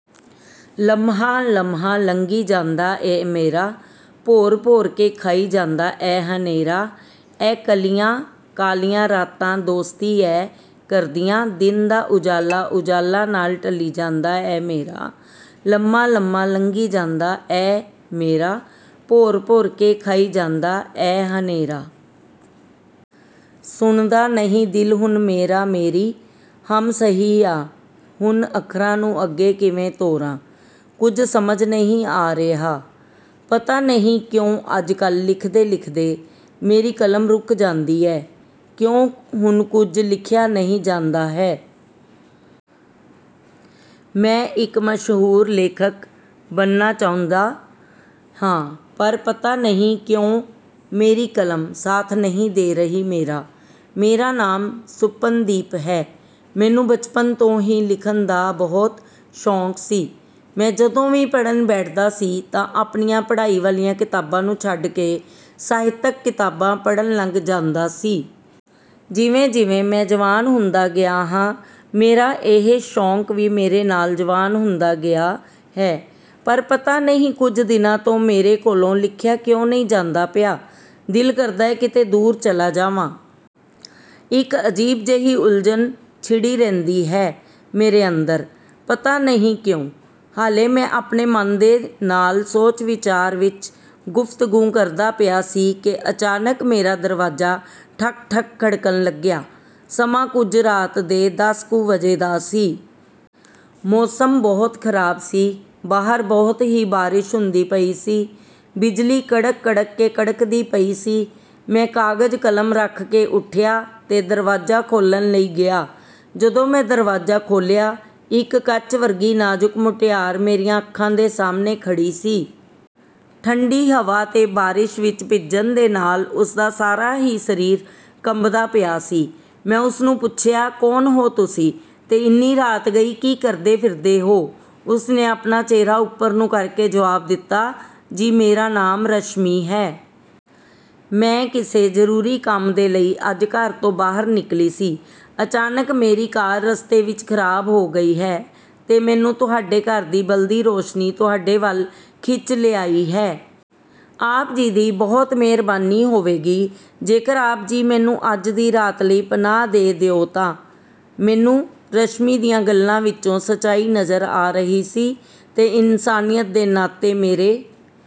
ਲੰਮਹਾ-ਲੰਮਹਾ ਲੰਘੀ ਜਾਂਦਾ ਐ ਮੇਰਾ, ਭੌਰ-ਭੌਰ ਕੇ ਖਾਈ ਜਾਂਦਾ ਐ ਹਨੇਰਾ। ਏ ਕਾਲੀਆਂ-ਕਾਲੀਆਂ ਰਾਤਾਂ ਦੋਸਤੀ ਐ ਕਰਦੀਆਂ, ਦਿਨ ਦਾ ਉਜਾਲਾ-ਉਜਾਲਾ ਨਾਲ ਢਲੀ ਜਾਂਦਾ ਐ ਮੇਰਾ। ਲੰਮਾ-ਲੰਮਾ ਲੰਘੀ ਜਾਂਦਾ ਐ ਮੇਰਾ, ਭੌਰ-ਭੌਰ ਕੇ ਖਾਈ ਜਾਂਦਾ ਐ ਹਨੇਰਾ। ਸੁਣਦਾ ਨਹੀਂ ਦਿਲ ਹੁਣ ਮੇਰਾ ਮੇਰੀ। "ਹਮ... ਸਹੀ ਆ। ਹੁਣ ਅੱਖਰਾਂ ਨੂੰ ਅੱਗੇ ਕਿਵੇਂ ਤੋਰਾਂ, ਕੁਝ ਸਮਝ ਨਹੀਂ ਆ ਰਿਹਾ। ਪਤਾ ਨਹੀਂ ਕਿਉਂ ਅੱਜ-ਕੱਲ੍ਹ ਲਿਖਦੇ-ਲਿਖਦੇ ਮੇਰੀ ਕਲਮ ਰੁਕ ਜਾਂਦੀ ਐ। ਕਿਉਂ ਹੁਣ ਕੁਝ ਲਿਖਿਆ ਨਹੀਂ ਜਾਂਦਾ ਹੈ।" "ਮੈਂ ਇੱਕ ਮਸ਼ਹੂਰ ਲੇਖਕ ਬਣਨਾ ਚਾਹੁੰਦਾ ਹਾਂ।" ਪਰ ਪਤਾ ਨਹੀਂ ਕਿਉਂ? ਮੇਰੀ ਕਲਮ ਸਾਥ ਨਹੀਂ ਦੇ ਰਹੀ ਮੇਰਾ। "ਮੇਰਾ ਨਾਮ ਸੁਪਨਦੀਪ ਹੈ।" ਮੈਨੂੰ ਬਚਪਨ ਤੋਂ ਹੀ ਲਿਖਣ ਦਾ ਬਹੁਤ ਸ਼ੌਂਕ ਸੀ। ਮੈਂ ਜਦੋਂ ਵੀ ਪੜ੍ਹਨ ਬੈਠਦਾ ਸੀ ਤਾਂ ਆਪਣੀਆਂ ਪੜ੍ਹਾਈ ਵਾਲੀਆਂ ਕਿਤਾਬਾਂ ਨੂੰ ਛੱਡ ਕੇ ਸਾਹਿਤਕ ਕਿਤਾਬਾਂ ਪੜ੍ਹਨ ਲੱਗ ਜਾਂਦਾ ਸੀ। ਜਿਵੇਂ-ਜਿਵੇਂ ਮੈਂ ਜਵਾਨ ਹੁੰਦਾ ਗਿਆ ਹਾਂ, ਮੇਰਾ ਇਹ ਸ਼ੌਂਕ ਵੀ ਮੇਰੇ ਨਾਲ ਜਵਾਨ ਹੁੰਦਾ ਗਿਆ ਹੈ। ਪਰ ਪਤਾ ਨਹੀਂ ਕੁਝ ਦਿਨਾਂ ਤੋਂ ਮੇਰੇ ਕੋਲੋਂ ਲਿਖਿਆ ਕਿਉਂ ਨਹੀਂ ਜਾਂਦਾ ਪਿਆ। ਦਿਲ ਕਰਦਾ ਕਿਤੇ ਦੂਰ ਚਲਾ ਜਾਵਾਂ। ਇੱਕ ਅਜੀਬ ਜਿਹੀ ਉਲਝਣ ਛਿੜੀ ਰਹਿੰਦੀ ਹੈ ਮੇਰੇ ਅੰਦਰ। ਪਤਾ ਨਹੀਂ ਕਿਉਂ। ਹਾਲੇ ਮੈਂ ਆਪਣੇ ਮਨ ਦੇ ਨਾਲ ਸੋਚ-ਵਿਚਾਰ ਵਿੱਚ ਗੁਫ਼ਤਗੂ ਕਰਦਾ ਪਿਆ ਸੀ ਕਿ ਅਚਾਨਕ ਮੇਰਾ ਦਰਵਾਜ਼ਾ ਠਕ-ਠਕ ਖੜਕਣ ਲੱਗਿਆ। ਸਮਾਂ ਕੁਝ ਰਾਤ ਦੇ ਦਸ ਕੁ ਵਜੇ ਦਾ ਸੀ। ਮੌਸਮ ਬਹੁਤ ਖ਼ਰਾਬ ਸੀ। ਬਾਹਰ ਬਹੁਤ ਹੀ ਬਾਰਿਸ਼ ਹੁੰਦੀ ਪਈ ਸੀ। ਬਿਜਲੀ ਕੜਕ-ਕੜਕ ਕੇ ਕੜਕਦੀ ਪਈ ਸੀ। ਮੈਂ ਕਾਗਜ਼-ਕਲਮ ਰੱਖ ਕੇ ਉੱਠਿਆ ਤੇ ਦਰਵਾਜ਼ਾ ਖੋਲ੍ਹਣ ਲਈ ਗਿਆ। ਜਦੋਂ ਮੈਂ ਦਰਵਾਜ਼ਾ ਖੋਲ੍ਹਿਆ, ਇੱਕ ਕੱਚ ਵਰਗੀ ਨਾਜ਼ੁਕ ਮੁਟਿਆਰ ਮੇਰੀਆਂ ਅੱਖਾਂ ਦੇ ਸਾਹਮਣੇ ਖੜ੍ਹੀ ਸੀ। ਠੰਡੀ ਹਵਾ ਤੇ ਬਾਰਿਸ਼ ਵਿੱਚ ਭਿੱਜਣ ਦੇ ਨਾਲ ਉਸਦਾ ਸਾਰਾ ਹੀ ਸਰੀਰ ਕੰਬਦਾ ਪਿਆ ਸੀ। ਮੈਂ ਉਸਨੂੰ ਪੁੱਛਿਆ, "ਕੌਣ ਹੋ ਤੁਸੀਂ? ਤੇ ਇੰਨੀ ਰਾਤ ਗਈ ਕੀ ਕਰਦੇ ਫਿਰਦੇ ਹੋ?" ਉਸਨੇ ਆਪਣਾ ਚਿਹਰਾ ਉੱਪਰ ਨੂੰ ਕਰਕੇ ਜਵਾਬ ਦਿੱਤਾ, "ਜੀ, ਮੇਰਾ ਨਾਮ ਰਸ਼ਮੀ ਹੈ। ਮੈਂ ਕਿਸੇ ਜ਼ਰੂਰੀ ਕੰਮ ਦੇ ਲਈ ਅੱਜ ਘਰ ਤੋਂ ਬਾਹਰ ਨਿਕਲੀ ਸੀ। ਅਚਾਨਕ ਮੇਰੀ ਕਾਰ ਰਸਤੇ ਵਿੱਚ ਖ਼ਰਾਬ ਹੋ ਗਈ ਹੈ ਤੇ ਮੈਨੂੰ ਤੁਹਾਡੇ ਘਰ ਦੀ ਬਲਦੀ ਰੌਸ਼ਨੀ ਤੁਹਾਡੇ ਵੱਲ ਖਿੱਚ ਲਿਆਈ ਹੈ। ਆਪ ਜੀ ਦੀ ਬਹੁਤ ਮਿਹਰਬਾਨੀ ਹੋਵੇਗੀ, ਜੇਕਰ ਆਪ ਜੀ ਮੈਨੂੰ ਅੱਜ ਦੀ ਰਾਤ ਲਈ ਪਨਾਹ ਦੇ ਦਿਓ ਤਾਂ।" ਮੈਨੂੰ ਰਸ਼ਮੀ ਦੀਆਂ ਗੱਲਾਂ ਵਿੱਚ ਸੱਚਾਈ ਨਜ਼ਰ ਆ ਰਹੀ ਸੀ ਤੇ ਇਨਸਾਨੀਅਤ ਦੇ ਨਾਤੇ ਮੇਰੇ…